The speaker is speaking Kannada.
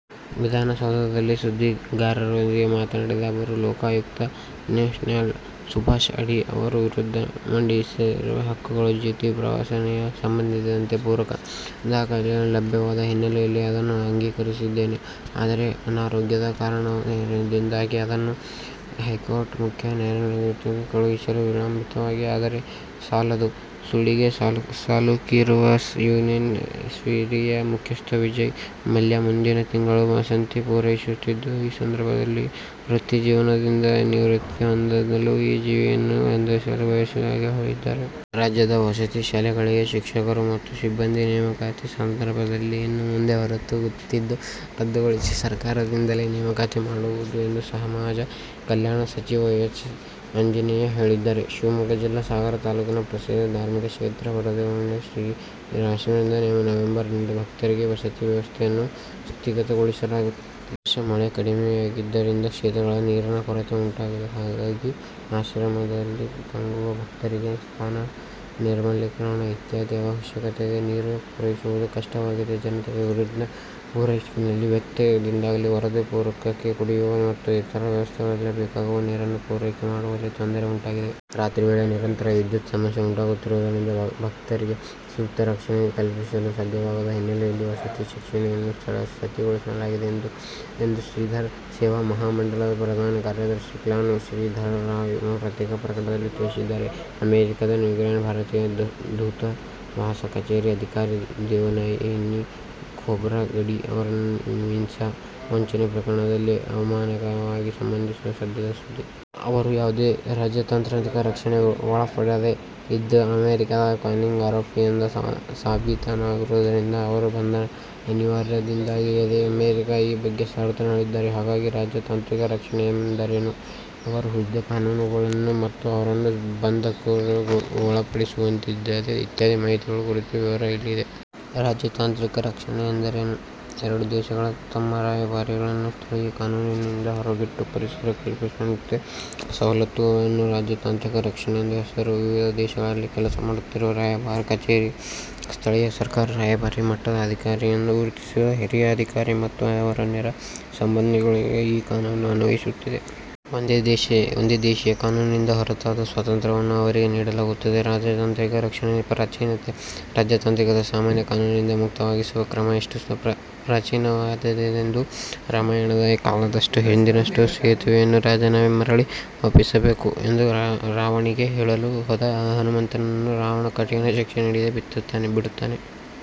ವಿಧಾನಸೌಧದಲ್ಲಿ ಸುದ್ದಿಗಾರರೊಂದಿಗೆ ಮಾತನಾಡಿದ ಅವರು, ಉಪಲೋಕಾಯುಕ್ತ ನ್ಯಾ ಸುಭಾಷ್ ಅಡಿ ಅವರ ವಿರುದ್ಧ ಮಂಡಿಸಿರುವ ಹಕ್ಕುಚ್ಯುತಿ ಪ್ರಸ್ತಾವನೆಗೆ ಸಂಬಂಧಿಸಿದಂತೆ ಪೂರಕ ದಾಖಲೆಗಳು ಲಭ್ಯವಾದ ಹಿನ್ನೆಲೆಯಲ್ಲಿ ಅದನ್ನು ಅಂಗೀಕರಿಸಿದ್ದೇನೆ. ಆದರೆ, ಅನಾರೋಗ್ಯದ ಕಾರಣದಿಂದಾಗಿ ಅದನ್ನು ಹೈಕೋರ್ಟ್ ಮುಖ್ಯ ನ್ಯಾಯಮೂರ್ತಿಗಳಿಗೆ ಕಳುಹಿಸಲು ವಿಳಂಬವಾಯಿತು ಎಂದರು. ಸಾಲದ ಸುಳಿಗೆ ಸಿಲುಕಿರುವ ಯುನೈಟೆಡ್ ಸ್ಪಿರಿಟ್ಸ್ ಮುಖ್ಯಸ್ಥ ವಿಜಯ್ ಮಲ್ಯ ಮುಂದಿನ ತಿಂಗಳು ವಸಂತ ಪೂರೈಸುತ್ತಿದ್ದು, ಈ ಸಂದರ್ಭದಲ್ಲಿ ವೃತ್ತಿ ಜೀವನದಿಂದ ನಿವೃತ್ತಿ ಹೊಂದಲು ಮತ್ತು ಜೀವನವನ್ನು ಆನಂದಿಸಲು ಬಯಸಿರುವುದಾಗಿ ಹೇಳಿದ್ದಾರೆ. ರಾಜ್ಯದ ವಸತಿ ಶಾಲೆಗಳಿಗೆ ಶಿಕ್ಷಕರು ಮತ್ತು ಸಿಬ್ಬಂದಿ ನೇಮಕಾತಿ ಸಂದರ್ಭದಲ್ಲಿ ಇನ್ನು ಮುಂದೆ ಹೊರಗುತ್ತಿಗೆ ರದ್ದುಗೊಳಿಸಿ ಸರ್ಕಾರದಿಂದಲೇ ನೇಮಕಾತಿ ಮಾಡಲಾಗುವುದು ಎಂದು ಸಮಾಜ ಕಲ್ಯಾಣ ಸಚಿವ ಎಚ್. ಆಂಜನೇಯ ಹೇಳಿದ್ದಾರೆ. ಶಿವಮೊಗ್ಗ ಜಿಲ್ಲೆ ಸಾಗರ ತಾಲೂಕಿನ ಪ್ರಸಿದ್ಧ ಧಾರ್ಮಿಕ ಕ್ಷೇತ್ರ ವರದಪುರದ ಶ್ರೀಧರಾಶ್ರಮದಲ್ಲಿ ನವೆಂಬರ್ ರಿಂದ ಭಕ್ತರಿಗೆ ವಸತಿ ವ್ಯವಸ್ಥೆಯನ್ನು ಸ್ಥಗಿತಗೊಳಿಸಲಾಗಿದೆ. ಈ ವರ್ಷ ಮಳೆ ಕಡಿಮೆಯಾಗಿದ್ದರಿಂದ ಕ್ಷೇತ್ರದಲ್ಲಿ ನೀರಿನ ಕೊರತೆ ಉಂಟಾಗಿದೆ. ಹಾಗಾಗಿ, ಆಶ್ರಮದಲ್ಲಿ ತಂಗುವ ಭಕ್ತರಿಗೆ ಸ್ನಾನ, ನೈರ್ಮಲೀಕರಣ ಇತ್ಯಾದಿ ಅವಶ್ಯಕತೆಗಳಿಗೆ ನೀರು ಪೂರೈಸುವುದು ಕಷ್ಟವಾಗಿದೆ. ಜತೆಗೆ, ವಿದ್ಯುತ್ ಪೂರೈಕೆಯಲ್ಲಿನ ವ್ಯತ್ಯಯದಿಂದಾಗಿ ವರದಪುರಕ್ಕೆ ಕುಡಿಯುವ ಮತ್ತು ಇತರ ವ್ಯವಸ್ಥೆಗಳಿಗೆ ಬೇಕಾಗುವ ನೀರನ್ನು ಪೂರೈಕೆ ಮಾಡುವಲ್ಲಿ ತೊಂದರೆ ಉಂಟಾಗಿದೆ. ರಾತ್ರಿ ವೇಳೆ ನಿರಂತರ ವಿದ್ಯುತ್ ಸಮಸ್ಯೆ ಉಂಟಾಗುತ್ತಿರುವುದರಿಂದ ಭಕ್ತರಿಗೆ ಸೂಕ್ತ ರಕ್ಷಣೆ ಕಲ್ಪಿಸಲು ಸಾಧ್ಯವಾಗದ ಹಿನ್ನೆಲೆಯಲ್ಲಿ ವಸತಿ ವ್ಯವಸ್ಥೆಯನ್ನು ಸ್ಥಗಿತಗೊಳಿಸಲಾಗಿದೆ ಎಂದು ಶ್ರೀಧರ ಸೇವಾ ಮಹಾಮಂಡಲದ ಪ್ರಧಾನ ಕಾರ್ಯದರ್ಶಿ ಕಾನ್ಲ ಶ್ರೀಧರ ರಾವ್ ಪತ್ರಿಕಾ ಪ್ರಕಟಣೆಯಲ್ಲಿ ತಿಳಿಸಿದ್ದಾರೆ. ಅಮೆರಿಕದ ನ್ಯೂಯಾರ್ಕ್ನಲ್ಲಿನ ಭಾರತೀಯ ದೂತವಾಸ ಕಚೇರಿಯ ಅಧಿಕಾರಿ ದೇವಯಾನಿ ಖೋಬ್ರಗಡೆ ಅವರನ್ನು ವೀಸಾ ವಂಚನೆ ಪ್ರಕರಣದಲ್ಲಿ ಅವಮಾನಕರವಾಗಿ ಬಂಧಿಸುವುದು ಸದ್ಯದ ಸುದ್ದಿ. ಅವರು ಯಾವುದೇ ರಾಜತಾಂತ್ರಿಕ ರಕ್ಷಣೆಗೆ ಒಳಪಡದೇ ಇದ್ದು, ಅಮೆರಿಕದ ಕಾನೂನಿನ್ವಯ ಆರೋಪಿ ಎಂದು ಸಾಬೀತಾಗಿರುವುದರಿಂದ ಅವರ ಬಂಧನ ಅನಿವಾರ್ಯವಾಗಿದೆ ಎಂದು ಅಮೆರಿಕ ಈ ಬಗ್ಗೆ ಸಮರ್ಥನೆ ಹೇಳಿದೆ. ಹಾಗಾದರೆ ರಾಜತಾಂತ್ರಿಕ ರಕ್ಷಣೆ ಎಂದರೇನು? ಅವರ ಹುದ್ದೆ, ಕಾನೂನುಗಳೇನು? ಅವರನ್ನು ಬಂಧನಕ್ಕೊಳಪಡಿಸುವಂತಿಲ್ಲವೇ ಇತ್ಯಾದಿ ಮಾಹಿತಿಗಳ ಕುರಿತ ವಿವರ ಇಲ್ಲಿದೆ. ರಾಜತಾಂತ್ರಿಕ ರಕ್ಷಣೆ ಎಂದರೇನು? ಎರಡು ದೇಶಗಳು, ತಮ್ಮ ರಾಯಭಾರಿಗಳನ್ನು ಸ್ಥಳೀಯ ಕಾನೂನಿನಿಂದ ಹೊರಗಿಟ್ಟು, ಪರಸ್ಪರ ಕಲ್ಪಿಸಿರುವ ಸವಲತ್ತುಗಳಿಗೆ ರಾಜತಾಂತ್ರಿಕ ರಕ್ಷಣೆ ಎಂದು ಹೆಸರು. ವಿವಿಧ ದೇಶಗಳಲ್ಲಿ ಕೆಲಸ ಮಾಡುತ್ತಿರುವ ರಾಯಭಾರ ಕಚೇರಿಯ, ಸ್ಥಳೀಯ ಸರ್ಕಾರ ರಾಯಭಾರಿ ಮಟ್ಟದ ಅಧಿಕಾರಿ ಎಂದು ಗುರುತಿಸಿದ ಹಿರಿಯ ಅಧಿಕಾರಿಗಳು ಮತ್ತು ಅವರ ನೇರ ಸಂಬಂಧಿಗಳಿಗೆ ಈ ಕಾನೂನು ಅನ್ವಯಿಸುತ್ತದೆ. ಒಂದು ದೇಶೀಯ ಕಾನೂನಿಂದ ಹೊರತಾದ ಸ್ವಾತಂತ್ರ್ಯವನ್ನು ಅವರಿಗೆ ನೀಡಲಾಗುತ್ತದೆ. ರಾಜತಾಂತ್ರಿಕ ರಕ್ಷಣೆಯ ಪ್ರಾಚೀನತೆ ರಾಜತಾಂತ್ರಿಕರನ್ನು ಸಾಮಾನ್ಯ ಕಾನೂನಿನಿಂದ ಮುಕ್ತವಾಗಿರಿಸುವ ಕ್ರಮ ಎಷ್ಟು ಪ್ರಾಚೀನವಾದ್ದೆಂದರೆ ಅದು ರಾಮಾಯಣದ ಕಾಲದಷ್ಟು ಹಿಂದಿನದು. ಸೀತೆಯನ್ನು ರಾಮನಿಗೆ ಮರಳಿ ಒಪ್ಪಿಸಬೇಕು ಎಂದು ರಾವಣನಿಗೆ ಹೇಳಲು ಹೋದ ಹನುಮಮಂತನನ್ನು ರಾವಣ ಕಠಿಣ ಶಿಕ್ಷೆ ನೀಡದೆ ಬಿಡುತ್ತಾನೆ.